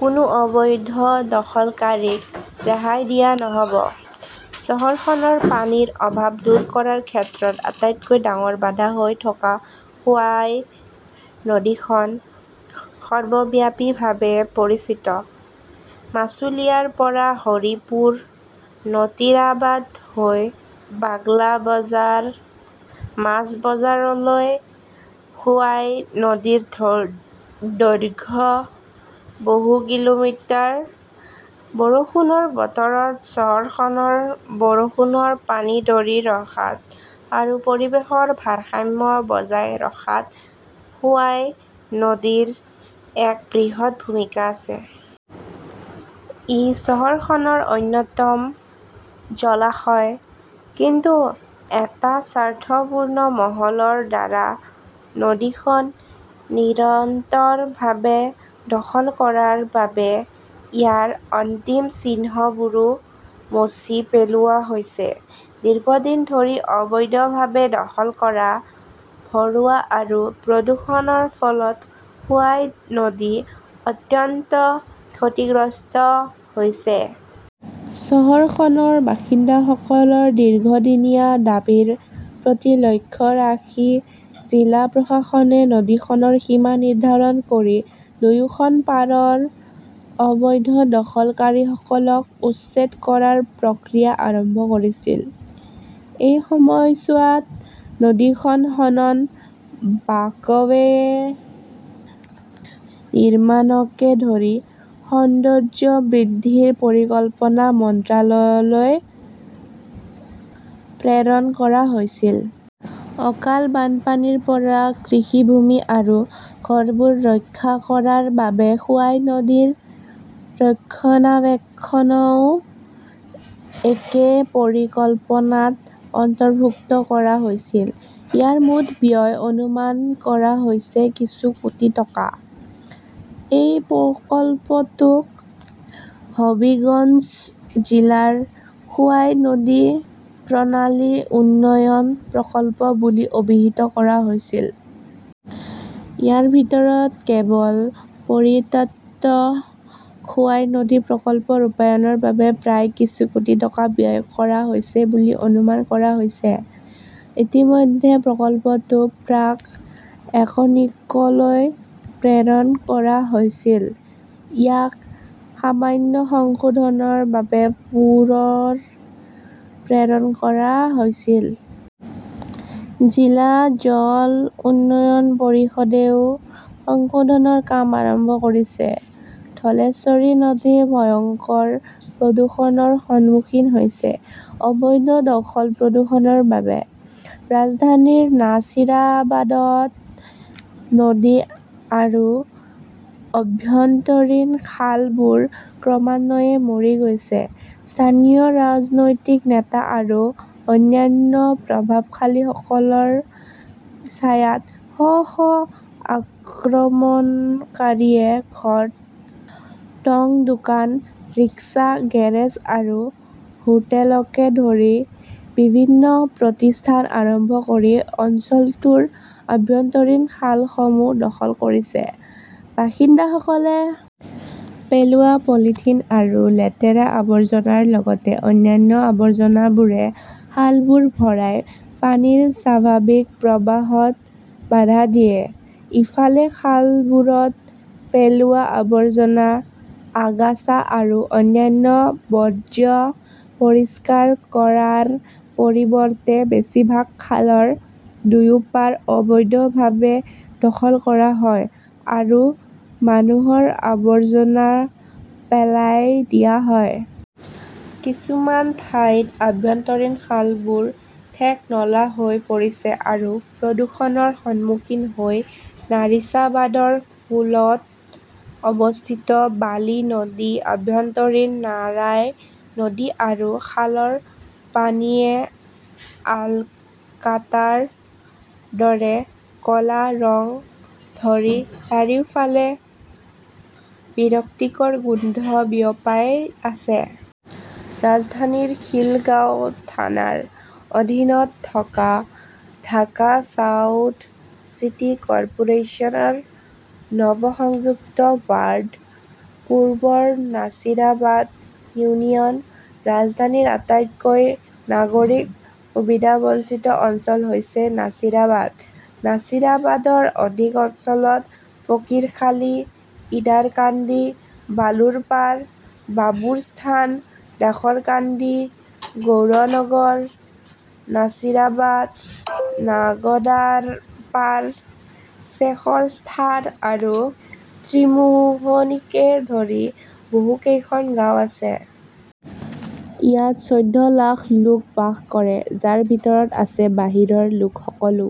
কোনো অবৈধ দখলকাৰীক ৰেহাই দিয়া নহ'ব। চহৰখনৰ পানীৰ অভাৱ দূৰ কৰাৰ ক্ষেত্ৰত আটাইতকৈ ডাঙৰ বাধা হৈ থকা খোৱাই নদীখন সৰ্বব্যাপীভাৱে পৰিচিত। মাছুলিয়াৰ পৰা হৰিপুৰ-নটীৰাবাদ হৈ বাগলাবাজাৰ, মাছবজাৰলৈ খোৱাই নদীৰ দৈৰ্ঘ্য বহু কিলোমিটাৰ। বৰষুণৰ বতৰত চহৰখনৰ বৰষুণৰ পানী ধৰি ৰখাত আৰু পৰিৱেশৰ ভাৰসাম্য বজাই ৰখাত খোৱাই নদীৰ এক বৃহৎ ভূমিকা আছে। ই চহৰখনৰ অন্যতম জলাশয়। কিন্তু এটা স্বাৰ্থপূৰ্ণ মহলৰ দ্বাৰা নদীখন নিৰন্তৰভাৱে দখল কৰাৰ বাবে ইয়াৰ অন্তিম চিহ্নবোৰো মচি পেলোৱা হৈছে। দীৰ্ঘদিন ধৰি অবৈধভাৱে দখল কৰা, ভৰোৱা আৰু প্ৰদূষণৰ ফলত খোৱাই নদী অত্যন্ত ক্ষতিগ্ৰস্ত হৈছে। চহৰখনৰ বাসিন্দাসকলৰ দীৰ্ঘদিনীয়া দাবীৰ প্ৰতি লক্ষ্য ৰাখি জিলা প্ৰশাসনে নদীখনৰ সীমা নিৰ্ধাৰণ কৰি দুয়োখন পাৰৰ অবৈধ দখলকাৰীসকলক উচ্ছেদ কৰাৰ প্ৰক্ৰিয়া আৰম্ভ কৰিছিল। এই সময়ছোৱাত নদীখন খনন, ৱাকৱে নিৰ্মাণকে ধৰি সৌন্দৰ্য্য বৃদ্ধিৰ পৰিকল্পনা মন্ত্ৰালয়লৈ প্ৰেৰণ কৰা হৈছিল। অকাল বানপানীৰ পৰা কৃষিভূমি আৰু ঘৰবোৰ ৰক্ষা কৰাৰ বাবে খোৱাই নদীৰ ৰক্ষণাবেক্ষণও একে পৰিকল্পনাত অন্তৰ্ভুক্ত কৰা হৈছিল। ইয়াৰ মুঠ ব্যয় অনুমান কৰা হৈছে কিছু কোটি টকা। এই প্ৰকল্পটোক হবিগঞ্জ জিলাৰ খোৱাই নদী প্ৰণালী উন্নয়ন প্ৰকল্প বুলি অভিহিত কৰা হৈছিল। ইয়াৰ ভিতৰত কেৱল পৰিত্যক্ত খোৱাই নদী প্ৰকল্প ৰূপায়ণৰ বাবে প্ৰায় কিছু কোটি টকা ব্যয় কৰা হৈছে বুলি অনুমান কৰা হৈছে। ইতিমধ্যে প্ৰকল্পটো প্ৰাক-একনিকলৈ প্ৰেৰণ কৰা হৈছিল, ইয়াক সামান্য সংশোধনৰ বাবে পুনৰ প্ৰেৰণ কৰা হৈছিল। জিলা জল উন্নয়ন পৰিষদেও সংশোধনৰ কাম আৰম্ভ কৰিছে। ধলেশ্বৰী নদী ভয়ংকৰ প্ৰদূষণৰ সন্মুখীন হৈছে অবৈধ দখল-প্ৰদূষণৰ বাবে ।ৰাজধানীৰ নাছিৰাবাদত নদী আৰু আভ্যন্তৰীণ খালবোৰ ক্ৰমান্বয়ে মৰি গৈছে। স্থানীয় ৰাজনৈতিক নেতা আৰু অন্যান্য প্ৰভাৱশালীসকলৰ ছায়াত শ শ আক্ৰমণকাৰীয়ে ঘৰ, টঙ দোকান, ৰিক্সা গেৰেজ আৰু হোটেলকে ধৰি বিভিন্ন প্ৰতিষ্ঠান আৰম্ভ কৰি অঞ্চলটোৰ আভ্যন্তৰীণ খালসমূহ দখল কৰিছে। বাসিন্দাসকলে পেলোৱা পলিথিন আৰু লেতেৰা আৱৰ্জনাৰ লগতে অন্যান্য আৱৰ্জনাবোৰে খালবোৰ ভৰাই পানীৰ স্বাভাৱিক প্ৰবাহত বাধা দিয়ে। ইফালে, খালবোৰত পেলোৱা আৱৰ্জনা, আগাছা আৰু অন্যান্য বৰ্জ্য পৰিষ্কাৰ কৰাৰ পৰিৱৰ্তে বেছিভাগ খালৰ দুয়োপাৰ অবৈধভাৱে দখল কৰা হয় আৰু মানুহৰ আৱৰ্জনা পেলাই দিয়া হয়। কিছুমান ঠাইত আভ্যন্তৰীণ খালবোৰ ঠেক নলা হৈ পৰিছে আৰু প্ৰদূষণৰ সন্মুখীন হৈ নাছিৰাবাদৰ কোলত অৱস্থিত বালি নদী, আভ্যন্তৰীণ নাৰাই নদী আৰু খালৰ পানীয়ে আলকাটাৰ দৰে ক 'লা ৰং ধৰি চাৰিওফালে বিৰক্তিকৰ গোন্ধ বিয়পাই আছে। ৰাজধানীৰ খিলগাঁও থানাৰ অধীনত থকা ঢাকা চাউথ চিটি কৰ্পোৰেচন ৰ নৱ-সংযুক্ত ৱাৰ্ড, পূৰ্বৰ নাছিৰাবাদ ইউনিয়ন। ৰাজধানীৰ আটাইতকৈ নাগৰিক সুবিধাবঞ্চিত অঞ্চল হৈছে নাছিৰাবাদ। নাছিৰাবাদৰ অধিক অঞ্চলত ফকীৰখালী, ইদাৰকান্দি, বালুৰপাৰ, বাবুৰ স্থান, দাসৰকান্দি, গৌড়নগৰ, নাছিৰাবাদ, নাগদাৰপাৰ, শ্বেখৰ স্থান আৰু ত্ৰিমোহনীকে ধৰি বহুকেইখন গাঁও আছে। ইয়াত চৌধ্য লাখ লোক বাস কৰে, যাৰ ভিতৰত আছে বাহিৰৰ লোকসকলো।